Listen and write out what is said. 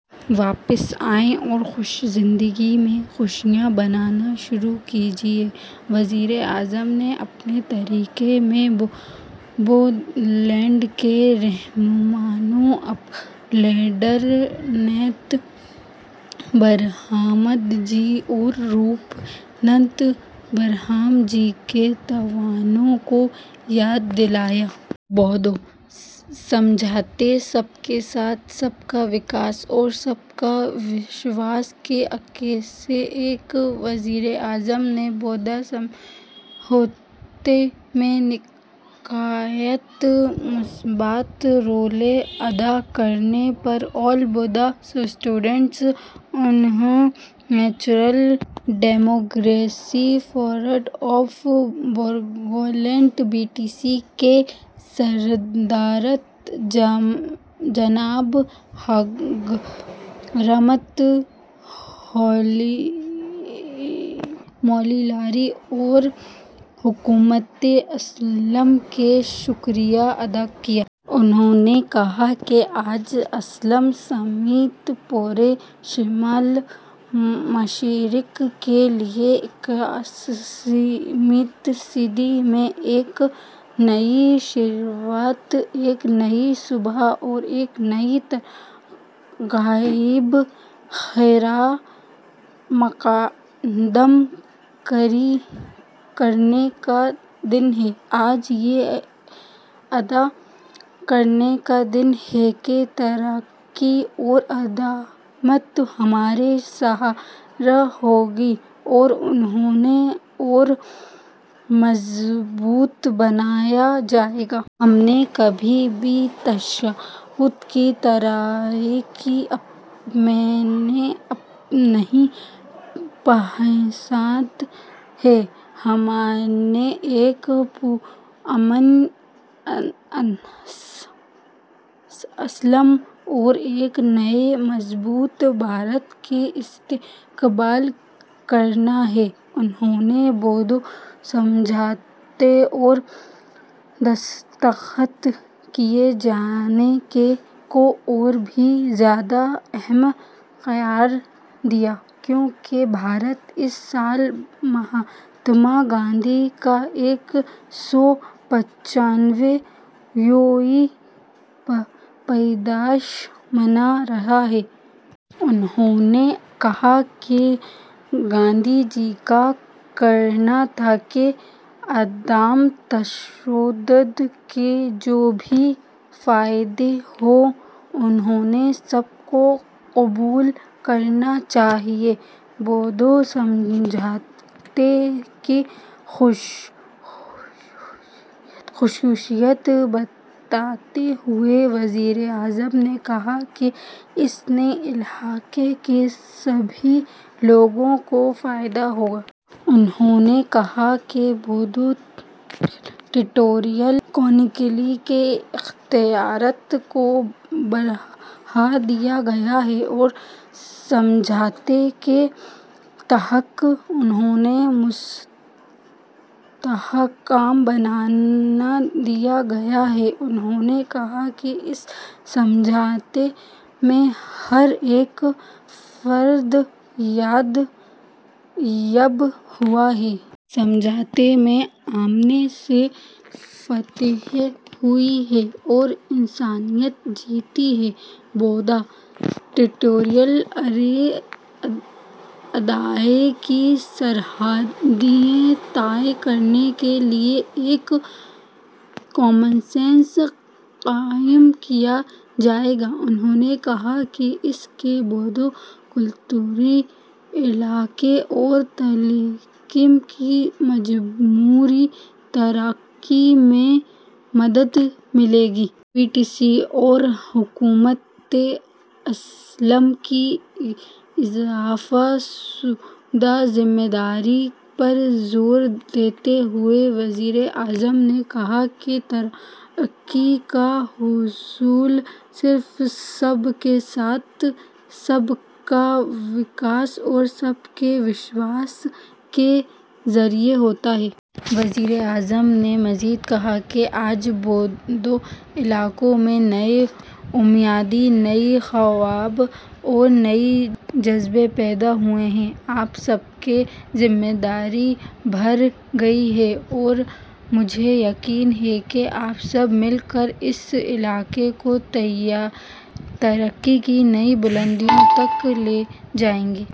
واپس آئیے اور زندگی میں خوشیاں منانا شروع کیجیے۔ وزیر اعظم نے اپنی تقریر میں بوڈو لینڈ کے رہنماؤں اپیندر ناتھ برہما جی اور روپ ناتھ برہما جی کے تعاون کو یاد دلایا۔ بوڈو سمجھوتہ سب کا ساتھ، سب کا وکاس اور سب کا وشواس کا عکاس ہے۔ وزیر اعظم نے بوڈو سمجھوتے میں انتہائی مثبت رول ادا کرنے پر آل Bodo students union, national democratic front of Bodoland, B T C کے سربراہ جناب ہگراما مہیلارے اور حکومت آسام کا شکریہ ادا کیا۔ انہوں نے کہا کہ آج آسام سمیت پورے شمال مشرق کے لیے اکیسویں صدی میں ایک نئی شروعات، ایک نئی صبح اور ایک نئی ترغیب کا خیر مقدم کرنے کا دن ہے۔ آج یہ عہد کرنے کا دن ہے کہ ترقی اور اعتماد ہمارا سہارا ہوں گے اور انہیں اور مضبوط بنایا جائے گا۔ ہمیں کبھی بھی تشدد کی تاریکی میں نہیں پھنسنا ہے۔ ہمیں ایک پرامن آسام اور ایک نئے مضبوط بھارت کا استقبال کرنا ہے۔ انہوں نے بوڈو سمجھوتے پر دستخط کیے جانے کو اور بھی زیادہ اہم قرار دیا کیونکہ بھارت اس سال مہاتما گاندھی کا ایک سو پچاسواں یوم پیدائش منا رہا ہے۔ انہوں نے کہا کہ گاندھی جی کہا کرتے تھے کہ عدم تشدد کے جو بھی فائدے ہوں انہیں سب کو قبول کرنا چاہیے۔ بوڈو سمجھوتے کی خصوصیت بتاتے ہوئے وزیر اعظم نے کہا کہ اس سے علاقے کے سبھی لوگوں کو فائدہ ہوگا۔ انہوں نے کہا کہ بوڈو ٹیریٹوریل کونسل کے اختیارات کو بڑھا دیا گیا ہے اور سمجھوتے کے تحت انہیں مستحکم بنا دیا گیا ہے۔ انہوں نے کہا کہ اس سمجھوتے میں ہر ایک فتح یاب ہوا ہے۔ اس سمجھوتے میں امن کی فتح ہوئی ہے اور انسانیت جیتی ہے۔ بوڈو ٹیریٹوریل ایریا اضلاع کی سرحدیں طے کرنے کے لیے ایک کمیشن قائم کیا جائے گا۔ انہوں نے کہا کہ اس سے بوڈو کلچر، علاقے اور تعلیم کی مجموعی ترقی میں مدد ملے گی۔ بی ٹی سی اور حکومت آسام کی اضافہ شدہ ذمہ داری پر زور دیتے ہوئے وزیر اعظم نے کہا کہ ترقی کا حصول صرف سب کا ساتھ، سب کا وکاس اور سب کا وشواس کے ذریعہ ہوگا۔ وزیر اعظم نے مزید کہا کہ آج بوڈو علاقے میں نئی امیدیں، نئے خواب اور نئے جذبے پیدا ہوئے ہیں۔ آپ سب کی ذمہ داری بڑھ گئی ہے اور مجھے یقین ہے کہ آپ سب مل کر اس علاقے کو ترقی کی نئی بلندیوں تک لے جائیں گے۔